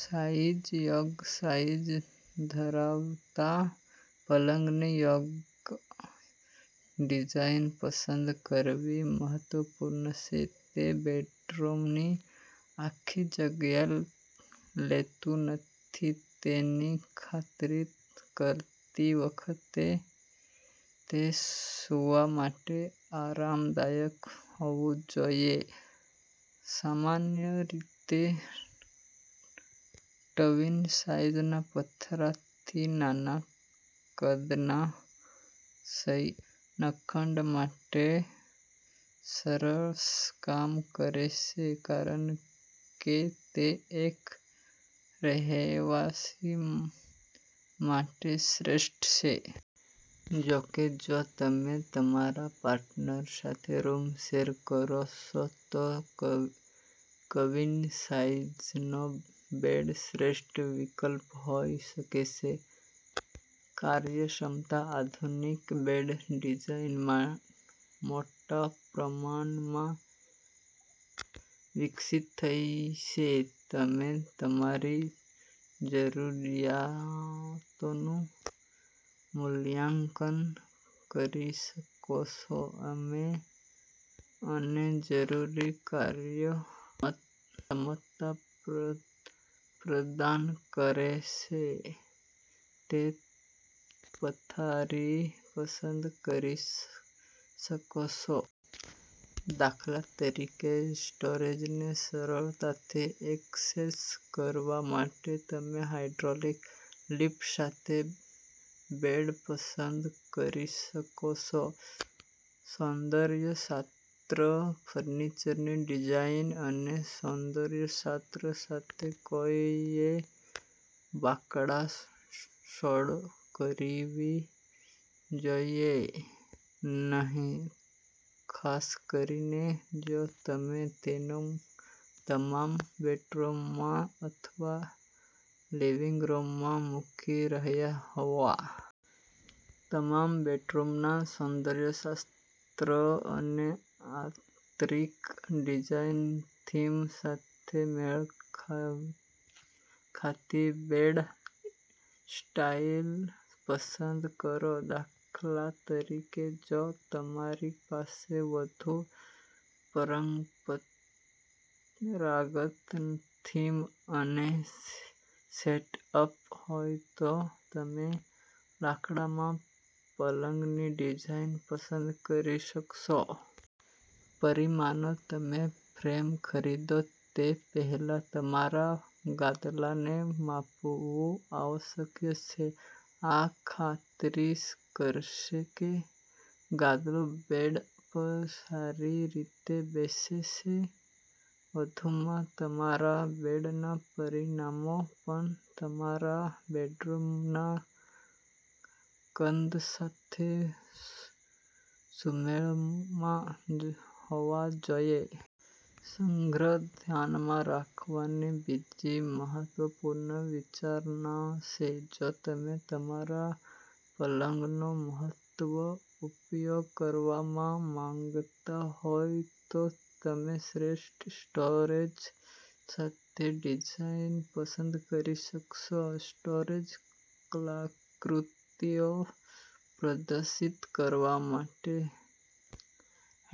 Size યોગ્ય size ધરાવતા પલંગની યોગ્ય ડિઝાઈન પસંદ કરવી મહત્વપૂર્ણ છે. તે બેડરૂમની આખી જગ્યા લેતું નથી તેની ખાતરી કરતી વખતે તે સૂવા માટે આરામદાયક હોવું જોઈએ. સામાન્ય રીતે, ટ્વીન-સાઇઝના પથારી નાના-કદના શયનખંડ માટે સરસ કામ કરે છે કારણ કે તે એક રહેવાસી માટે શ્રેષ્ઠ છે. જો કે, જો તમે તમારા પાર્ટનર સાથે રૂમ શેર કરો છો, તો ક્વીન સાઈઝનો બેડ શ્રેષ્ઠ વિકલ્પ હોઈ શકે છે. કાર્યક્ષમતા આધુનિક બેડ ડિઝાઇન મોટા પ્રમાણમાં વિકસિત થઈ છે. તમે તમારી જરૂરિયાતોનું મૂલ્યાંકન કરી શકો છો અને જરૂરી કાર્યક્ષમતા પ્રદાન કરે છે તે પથારી પસંદ કરી શકો છો. દાખલા તરીકે, સ્ટોરેજને સરળતાથી એક્સેસ કરવા માટે તમે હાઇડ્રોલિક લિફ્ટ સાથે બેડ પસંદ કરી શકો છો. સૌંદર્ય શાસ્ત્ર ફર્નિચરની ડિઝાઇન અને સૌંદર્ય શાસ્ત્ર સાથે કોઈએ બાંધછોડ કરવી જોઈએ નહીં, ખાસ કરીને જો તમે તેને તમારા બેડરૂમમાં અથવા લિવિંગ રૂમમાં મૂકી રહ્યાં હોવ. તમારા બેડરૂમના સૌંદર્ય શાસ્ત્ર અને આંતરીક ડિઝાઇન થીમ સાથે મેળ ખાતી બેડ સ્ટાઇલ પસંદ કરો. દાખલા તરીકે, જો તમારી પાસે વધુ પરંપરાગત થીમ અને સેટઅપ હોય, તો તમે લાકડાના પલંગની ડિઝાઇન પસંદ કરી શકો છો. પરિમાણો તમે ફ્રેમ ખરીદો તે પહેલાં તમારા ગાદલાને માપવું આવશ્યક છે. આ ખાતરી કરશે કે ગાદલું બેડ પર સારી રીતે બેસે છે. વધુમાં, તમારા બેડના પરિમાણો પણ તમારા બેડરૂમના કદ સાથે સુમેળમાં હોવા જોઈએ. સંગ્રહ ધ્યાનમાં રાખવાની બીજી મહત્વપૂર્ણ વિચારણા છે. જો તમે તમારા પલંગનો મહત્તમ ઉપયોગ કરવા માંગતા હો, તો તમે શ્રેષ્ઠ સ્ટોરેજ સાથેની ડિઝાઇન પસંદ કરી શકો છો. સ્ટોરેજ કલાકૃતિઓ પ્રદર્શિત કરવા માટે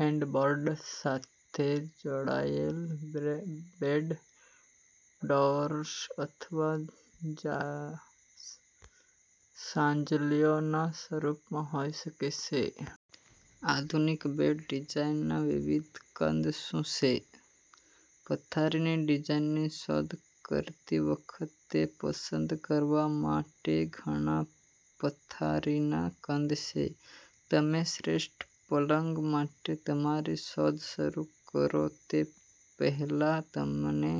હેડબોર્ડ સાથે જોડાયેલ બેડ ડ્રોઅર્સ અથવા છાજલીઓના સ્વરૂપમાં હોઈ શકે છે. આધુનિક બેડ ડિઝાઇનના વિવિધ કદ શું છે? પથારીની ડિઝાઇનની શોધ કરતી વખતે, પસંદ કરવા માટે ઘણા પથારીના કદ છે. તમે શ્રેષ્ઠ પલંગ માટે તમારી શોધ શરૂ કરો તે પહેલાં, તમને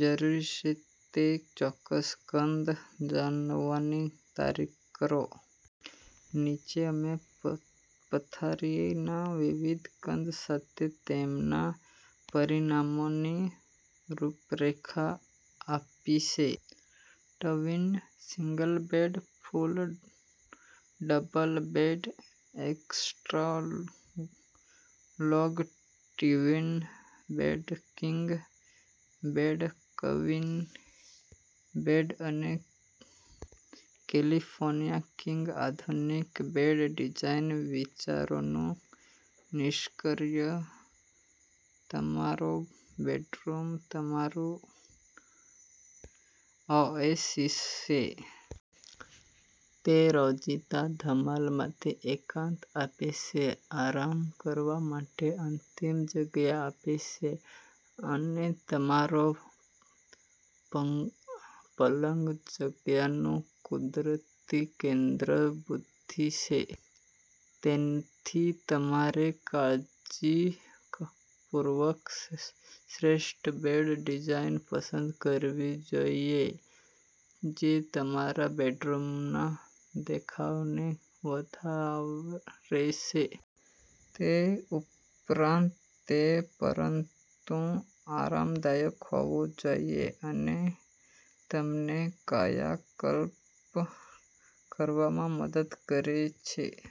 જરૂર છે તે ચોક્કસ કદ જાણવાની ખાતરી કરો. નીચે અમે પથારીના વિવિધ કદ સાથે તેમના પરિમાણોની રૂપરેખા આપી છે. Twin single bed, full double bed, extra long twin bed, king bed, queen bed અને કેલિફોર્નિયા કિંગ. આધુનિક બેડ ડિઝાઇન વિચારોનું નિષ્કર્ષ તમારો બેડરૂમ તમારું ઓએસિસ છે. તે રોજિંદા ધમાલમાંથી એકાંત આપે છે, આરામ કરવા માટે અંતિમ જગ્યા આપે છે. અને તમારો પલંગ જગ્યાનું કુદરતી કેન્દ્રબિંદુ છે. તેથી, તમારે કાળજીપૂર્વક શ્રેષ્ઠ બેડ ડિઝાઇન પસંદ કરવી જોઈએ જે તમારા બેડરૂમના દેખાવને વધારે છે. તે ઉપરાંત, તે પૂરતું આરામદાયક હોવું જોઈએ અને તમને કાયાકલ્પ કરવામાં મદદ કરે છે.